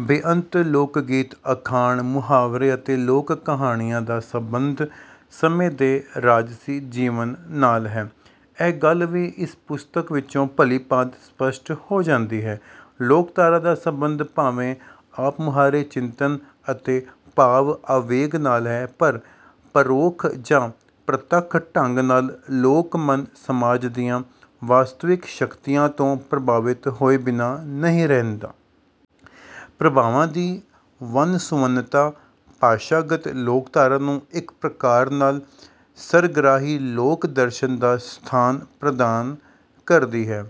ਬੇਅੰਤ ਲੋਕਗੀਤ, ਅਖਾਣ, ਮੁਹਾਵਰੇ ਅਤੇ ਲੋਕ-ਕਹਾਣੀਆਂ ਦਾ ਸਬੰਧ ਸਮੇਂ ਦੇ ਰਾਜਸੀ ਜੀਵਨ ਨਾਲ ਹੈ। ਇਹ ਗੱਲ ਵੀ ਇਸ ਪੁਸਤਕ ਵਿੱਚੋਂ ਭਲੀ-ਭਾਂਤ ਸਪਸ਼ਟ ਹੋ ਜਾਂਦੀ ਹੈ। ਲੋਕਧਾਰਾ ਦਾ ਸਬੰਧ ਭਾਵੇਂ ਆਪਮੁਹਾਰੇ ਚਿੰਤਨ ਅਤੇ ਭਾਵ-ਆਵੇਗ ਨਾਲ ਹੈ, ਪਰ ਪਰੋਖ ਜਾਂ ਪ੍ਰਤੱਖ ਢੰਗ ਨਾਲ ਲੋਕ-ਮਨ ਸਮਾਜ ਦੀਆਂ ਵਾਸਤਵਿਕ ਸ਼ਕਤੀਆਂ ਤੋਂ ਪ੍ਰਭਾਵਿਤ ਹੋਏ ਬਿਨਾਂ ਨਹੀਂ ਰਹਿੰਦਾ। ਪ੍ਰਭਾਵਾਂ ਦੀ ਵੰਨ-ਸੁਵੰਨਤਾ ਭਾਸ਼ਾਗਤ ਲੋਕਧਾਰਾ ਨੂੰ ਇੱਕ ਪ੍ਰਕਾਰ ਨਾਲ ਸਰਗਰਾਹੀ ਲੋਕ-ਦਰਸ਼ਨ ਦਾ ਸਥਾਨ ਪ੍ਰਦਾਨ ਕਰਦੀ ਹੈ।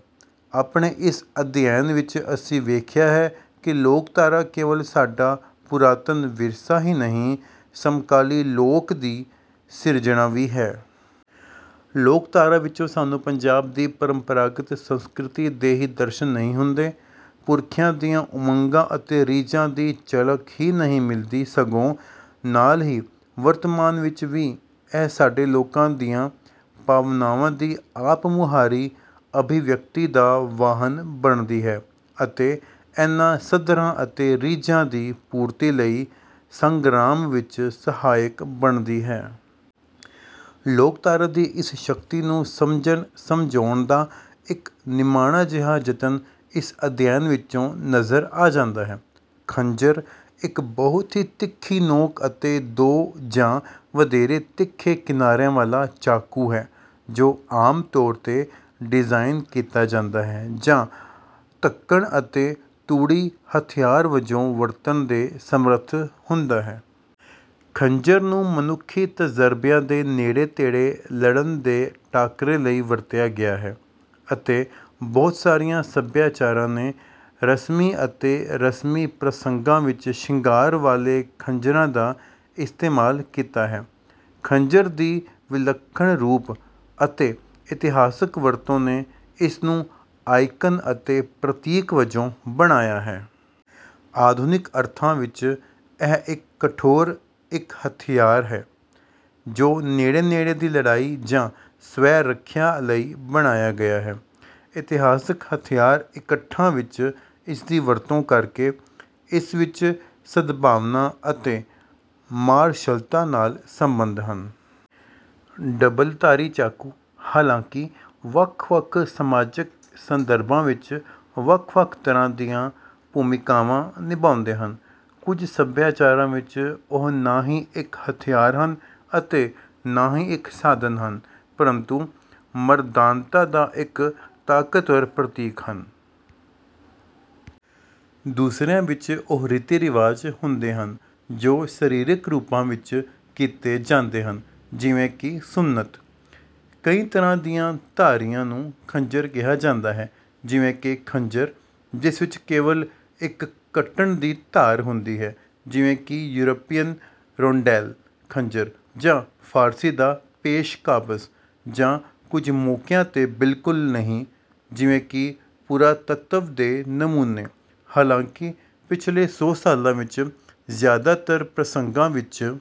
ਆਪਣੇ ਇਸ ਅਧਿਐਨ ਵਿੱਚ ਅਸੀਂ ਵੇਖਿਆ ਹੈ ਕਿ ਲੋਕਧਾਰਾ ਕੇਵਲ ਸਾਡਾ ਪੁਰਾਤਨ ਵਿਰਸਾ ਹੀ ਨਹੀਂ, ਸਮਕਾਲੀ 'ਲੋਕ' ਦੀ ਸਿਰਜਣਾ ਵੀ ਹੈ। ਲੋਕਧਾਰਾ ਵਿੱਚੋਂ ਸਾਨੂੰ ਪੰਜਾਬ ਦੀ ਪਰੰਪਰਾਗਤ ਸੰਸਕ੍ਰਿਤੀ ਦੇ ਹੀ ਦਰਸ਼ਨ ਨਹੀਂ ਹੁੰਦੇ, ਪੁਰਖਿਆਂ ਦੀਆਂ ਉਮੰਗਾਂ ਅਤੇ ਰੀਝਾਂ ਦੀ ਝਲਕ ਹੀ ਨਹੀਂ ਮਿਲਦੀ, ਸਗੋਂ ਨਾਲ ਹੀ ਵਰਤਮਾਨ ਵਿੱਚ ਵੀ ਇਹ ਸਾਡੇ ਲੋਕਾਂ ਦੀਆਂ ਭਾਵਨਾਵਾਂ ਦੀ ਆਪਮੁਹਾਰੀ ਅਭਿਵਿਅਕਤੀ ਦਾ ਵਾਹਨ ਬਣਦੀ ਹੈ ਅਤੇ ਇਹਨਾਂ ਸੱਧਰਾਂ ਅਤੇ ਰੀਝਾਂ ਦੀ ਪੂਰਤੀ ਲਈ ਸੰਗਰਾਮ ਵਿੱਚ ਸਹਾਇਕ ਬਣਦੀ ਹੈ। ਲੋਕਧਾਰਾ ਦੀ ਇਸ ਸ਼ਕਤੀ ਨੂੰ ਸਮਝਣ-ਸਮਝਾਉਣ ਦਾ ਇੱਕ ਨਿਮਾਣਾ ਜਿਹਾ ਜਤਨ ਇਸ ਅਧਿਐਨ ਵਿੱਚੋਂ ਨਜ਼ਰ ਆ ਜਾਂਦਾ ਹੈ। ਖੰਜਰ ਇੱਕ ਬਹੁਤ ਹੀ ਤਿੱਖੀ ਨੋਕ ਅਤੇ ਦੋ ਜਾਂ ਵਧੇਰੇ ਤਿੱਖੇ ਕਿਨਾਰਿਆਂ ਵਾਲਾ ਚਾਕੂ ਹੈ, ਜੋ ਆਮ ਤੌਰ 'ਤੇ ਡਿਜ਼ਾਈਨ ਕੀਤਾ ਜਾਂਦਾ ਹੈ ਜਾਂ ਧੱਕਣ ਅਤੇ ਤੂੜੀ ਹਥਿਆਰ ਵਜੋਂ ਵਰਤਣ ਦੇ ਸਮਰੱਥ ਹੁੰਦਾ ਹੈ। ਖੰਜਰ ਨੂੰ ਮਨੁੱਖੀ ਤਜ਼ਰਬਿਆਂ ਦੇ ਨੇੜੇ-ਤੇੜੇ ਲੜਨ ਦੇ ਟਾਕਰੇ ਲਈ ਵਰਤਿਆ ਗਿਆ ਹੈ, ਅਤੇ ਬਹੁਤ ਸਾਰੀਆਂ ਸਭਿਆਚਾਰਾਂ ਨੇ ਰਸਮੀ ਅਤੇ ਰਸਮੀ ਪ੍ਰਸੰਗਾਂ ਵਿੱਚ ਸ਼ਿੰਗਾਰ ਵਾਲੇ ਖੰਜਰਾਂ ਦਾ ਇਸਤੇਮਾਲ ਕੀਤਾ ਹੈ। ਖੰਜਰ ਦੀ ਵਿਲੱਖਣ ਰੂਪ ਅਤੇ ਇਤਿਹਾਸਕ ਵਰਤੋਂ ਨੇ ਇਸ ਨੂੰ ਆਈਕਨ ਅਤੇ ਪ੍ਰਤੀਕ ਵਜੋਂ ਬਣਾਇਆ ਹੈ। ਆਧੁਨਿਕ ਅਰਥਾਂ ਵਿੱਚ ਇਹ ਇੱਕ ਕਠੋਰ ਇੱਕ-ਹਥਿਆਰ ਹੈ ਜੋ ਨੇੜੇ-ਨੇੜੇ ਦੀ ਲੜਾਈ ਜਾਂ ਸਵੈ-ਰੱਖਿਆ ਲਈ ਬਣਾਇਆ ਗਿਆ ਹੈ। ਇਤਿਹਾਸਕ ਹਥਿਆਰ ਇਕੱਠਾਂ ਵਿੱਚ ਇਸਦੀ ਵਰਤੋਂ ਕਰਕੇ, ਇਸ ਵਿੱਚ ਸਦਭਾਵਨਾ ਅਤੇ ਮਾਰਸ਼ਲਤਾ ਨਾਲ ਸੰਬੰਧ ਹਨ। ਡਬਲ-ਧਾਰੀ ਚਾਕੂ, ਹਾਲਾਂਕਿ, ਵੱਖ-ਵੱਖ ਸਮਾਜਕ ਸੰਦਰਭਾਂ ਵਿੱਚ ਵੱਖ-ਵੱਖ ਤਰ੍ਹਾਂ ਦੀਆਂ ਭੂਮਿਕਾਵਾਂ ਨਿਭਾਉਂਦੇ ਹਨ। ਕੁਝ ਸੱਭਿਆਚਾਰਾਂ ਵਿੱਚ, ਉਹ ਨਾ ਹੀ ਇੱਕ ਹਥਿਆਰ ਹਨ ਅਤੇ ਨਾ ਹੀ ਇੱਕ ਸਾਧਨ ਹਨ, ਪਰੰਤੂ ਮਰਦਾਨਤਾ ਦਾ ਇੱਕ ਤਾਕਤਵਰ ਪ੍ਰਤੀਕ ਹਨ। ਦੂਸਰਿਆਂ ਵਿੱਚ ਉਹ ਰੀਤੀ-ਰਿਵਾਜ ਹੁੰਦੇ ਹਨ ਜੋ ਸਰੀਰਕ ਰੂਪਾਂ ਵਿੱਚ ਕੀਤੇ ਜਾਂਦੇ ਹਨ ਜਿਵੇਂ ਕਿ ਸੁੰਨਤ। ਕਈ ਤਰ੍ਹਾਂ ਦੀਆਂ ਧਾਰੀਆਂ ਨੂੰ ਖੰਜਰ ਕਿਹਾ ਜਾਂਦਾ ਹੈ, ਜਿਵੇਂ ਕਿ ਖੰਜਰ ਜਿਸ ਵਿੱਚ ਕੇਵਲ ਇੱਕ ਕੱਟਣ ਦੀ ਧਾਰ ਹੁੰਦੀ ਹੈ, ਜਿਵੇਂ ਕਿ ਯੂਰਪੀਅਨ ਰੋਂਡੈਲ ਖੰਜਰ ਜਾਂ ਫ਼ਾਰਸੀ ਦਾ ਪੇਸ਼-ਕਾਬਜ਼, ਜਾਂ ਕੁਝ ਮੌਕਿਆਂ 'ਤੇ, ਬਿਲਕੁਲ ਨਹੀਂ, ਜਿਵੇਂ ਕਿ ਪੁਰਾਤੱਤਵ ਦੇ ਨਮੂਨੇ। ਹਾਲਾਂਕਿ, ਪਿਛਲੇ ਸੌ ਸਾਲਾਂ ਵਿੱਚ ਜ਼ਿਆਦਾਤਰ ਪ੍ਰਸੰਗਾਂ ਵਿੱਚ,